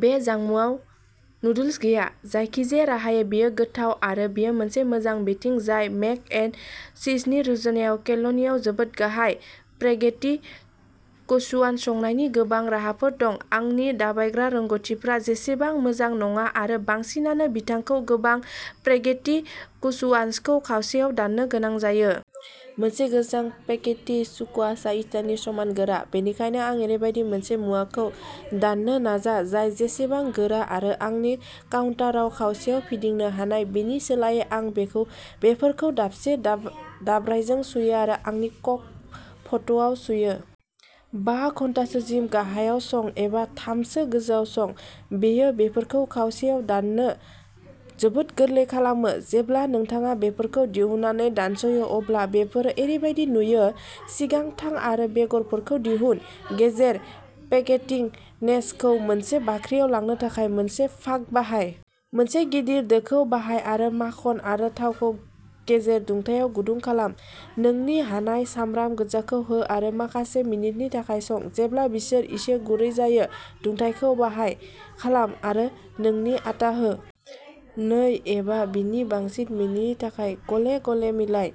बे जामुंआव नुडल्स गैया। जायखिजाया राहायै, बेयो गोथाव आरो बेयो मोनसे मोजां बिथिं जाय मेक एन्ड चिजनि रुजुनायाव केल'निआव जोबोद गाहाय। स्पेगेटि स्कुवाश संनायनि गोबां राहाफोर दं। आंनि दाब्रायग्रा रोंग'थिफोरा एसेबां मोजां नङा आरो बांसिनानो नोंथांखौ गोथां स्पेगेटि स्कुवाशखौ खावसेयाव दाननो गोनां जायो। मोनसे गोथां स्पेगेटि स्कुवाशआ इटानि समान गोरा, बेनिखायनो आं ओरैबायदि मोनसे मुवाखौ दाननो नाजा जाय एसेबां गोरा आरो आंनि काउन्टाराव खावसेयाव फिदिंनो हानाय। बेनि सोलायै, आं बेफोरखौ दाबसे दाब्रायजों सुयो आरो आंनि क्रक पटआव सुयो। बा घन्टासोसिम गाहायाव सं, एबा थामसो गोजौयाव सं। बेयो बेफोरखौ खावसेयाव दाननो जोबोद गोरलै खालामो। जेब्ला नोंथाङा बेफोरखौ दिहुननानै दानस'यो अब्ला बेफोरो ओरैबायदि नुयो। सिगां थां आरो बेगरफोरखौ दिहुन। गेजेर। " पेगेटि-नेस" खौ मोनसे बाख्रियाव लांनो थाखाय मोनसे फार्क बाहाय। मोनसे गिदिर दोखौ बाहाय आरो माखन आरो थावखौ गेजेर दुंथायाव गुदुं खालाम। नोंनि हानाय सामब्राम गोजाखौ हो आरो माखासे मिनिटनि थाखाय सं। जेब्ला बिसोर एसे गुरै जायो। दुंथायखौ बाहाय खालाम आरो नोंनि आटा हो। नै एबा बिनि बांसिन मिनिटनि थाखाय गले-गले मिलाय।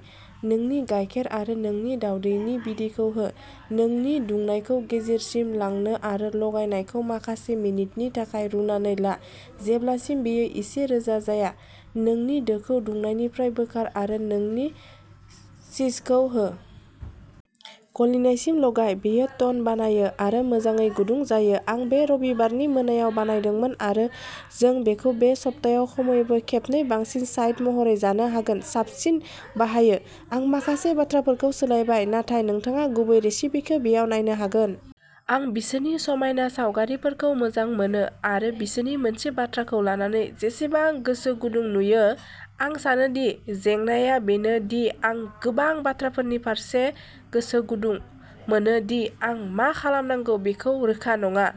नोंनि गायखेर आरो नोंनि दाउदैनि बिदैखौ हो। नोंनि दुंनायखौ गेजेरसिम लाबो आरो गलायनायखौ माखासे मिनिटनि थाखाय रुनानै ला जेब्लासिम बेयो एसे रोजा जाया। नोंनि दोखौ दुंनायनिफ्राय बोखार आरो नोंनि चीजखौ हो। गलिनायसिम गलाय। बेयो टन बानायो आरो मोजाङै गुदुं जायो। आं बे रबिबारनि मोनायाव बानायदोंमोन आरो जों बेखौ बे सप्तायाव खमैबो खेबनै बांसिन साइड महरै जानो हागोन। साबसिन बाहायो? आं माखासे बाथ्राफोरखौ सोलायबाय, नाथाय नोंथाङा गुबै रेसिपिखौ बेयाव नायनो हागोन। आं बिसोरनि समायना सावगारिफोरखौ मोजां मोनो आरो बिसोरनि मोनसे बाथ्राखौ लानानै बेसेबां गोसो गुदुं नुयो। आं सानो दि जेंनाआ बेनो दि आं गोबां बाथ्राफोरनि फारसे गोसो गुदुं मोनो दि आं मा खालामनांगौ बेखौ रोखा नङा।